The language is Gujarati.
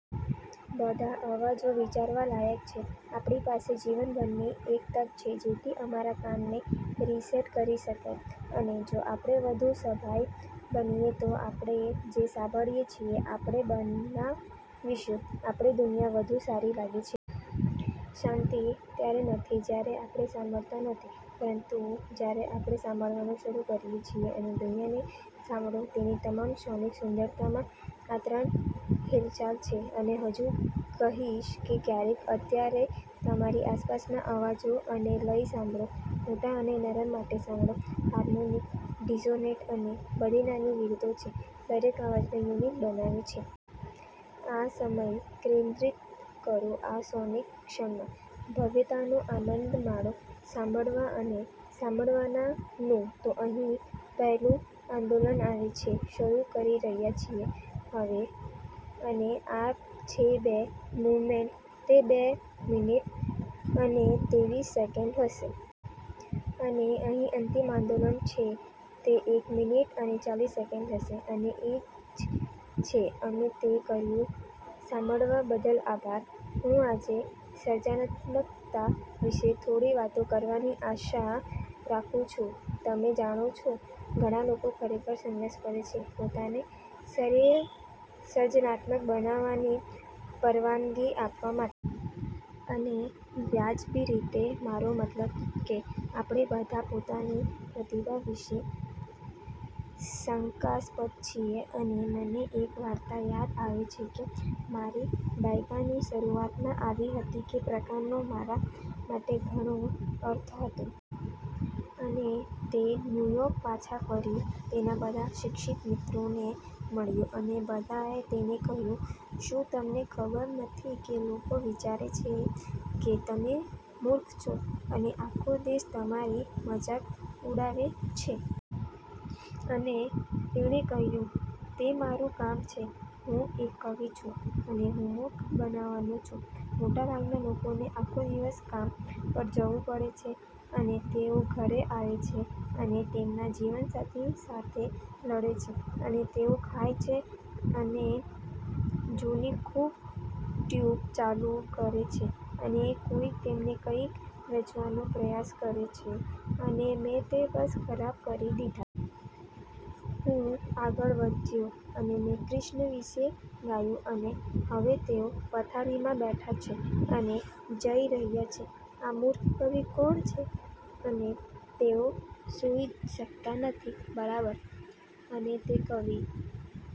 બધા અવાજો વિચારવા લાયક છે. આપણી પાસે જીવનભરની એક તક છે જેથી અમારા કાન ને રીસેટ કરી શકાય. અને જો આપણે વધુ સભાન બનીએ તો આપણે જે સાંભળીએ છીએ, આપણે બનાવીશું. આપણી દુનિયા વધુ સારી લાગે છે. શાંતિ ત્યારે નથી જ્યારે આપણે સાંભળતા નથી, પરંતુ જ્યારે આપણે સાંભળવાનું શરૂ કરીએ છીએ અને દુનિયાને સાંભળો તેની તમામ સોનિક સુંદરતામાં. આ ત્રણ હિલચાલ છે, અને હજુ કહીશ કે ક્યારે. અત્યારે તમારી આસપાસના અવાજો અને લય સાંભળો, મોટા અને નરમ માટે સાંભળો, હાર્મોનિક, ડિસોનેટ, અને બધી નાની વિગતો જે દરેક અવાજને યુનિક બનાવે છે. આ સમય કેન્દ્રિત કરો આ સોનિક ક્ષણમાં. ભવ્યતાનો આનંદ માણો સાંભળવા અને સાંભળવા નું. તો અહીં પહેલું આંદોલન આવે છે. શરૂ કરી રહ્યા છીએ... હવે. અને આ છે બે મૂવમેન્ટ. તે બે મિનિટ અને તેવીસ સેકન્ડ હશે. અને અહીં અંતિમ આંદોલન છે. તે એક મિનિટ અને ચાલીસ સેકન્ડ હશે. અને એ જ છે, અમે તે કર્યું. સાંભળવા બદલ આભાર. હું આજે સર્જનાત્મકતા વિશે થોડી વાતો કરવાની આશા રાખું છું. તમે જાણો છો, ઘણા લોકો ખરેખર સંઘર્ષ કરે છે પોતાને શરીર સર્જનાત્મક બનવાની પરવાનગી આપવા માટે. અને વ્યાજબી રીતે. મારો મતલબ કે આપણે બધા પોતાની પ્રતિભા વિશે શંકાસ્પદ છીએ. અને મને એક વાર્તા યાદ આવે છે કે મારી દાયકાની શરૂઆતમાં આવી હતી તે પ્રકારનો મારા માટે ઘણો અર્થ હતો. અને તે ન્યૂયોર્ક પાછા ફરી તેના બધા શિક્ષિત મિત્રોને મળ્યો, અને બધાએ તેને કહ્યું, "શું તમને ખબર નથી કે લોકો વિચારે છે કે તમે મૂર્ખ છો, અને આખો દેશ તમારી મજાક ઉડાવે છે? " અને તેણે કહ્યું, "તે મારું કામ છે. હું એક કવિ છું, અને હું મૂર્ખ બનાવાનો છું. મોટાભાગના લોકોને આખો દિવસ કામ પર જવું પડે છે, અને તેઓ ઘરે આવે છે અને તેમના જીવનસાથી સાથે લડે છે, અને તેઓ ખાય છે, અને જૂની ખૂબ ટ્યુબ ચાલુ કરે છે, અને કોઈ તેમને કંઈક વેચવાનો પ્રયાસ કરે છે, અને મેં તે બધા ખરાબ કરી દીધા. હું આગળ વધ્યો અને મેં કૃષ્ણ વિશે ગાયું, અને હવે તેઓ પથારીમાં બેઠા છે અને જઈ રહ્યા છે, 'આ મૂર્ખ કવિ કોણ છે? ' અને તેઓ સુઈ શકતા નથી, બરાબર? " અને તે કવિ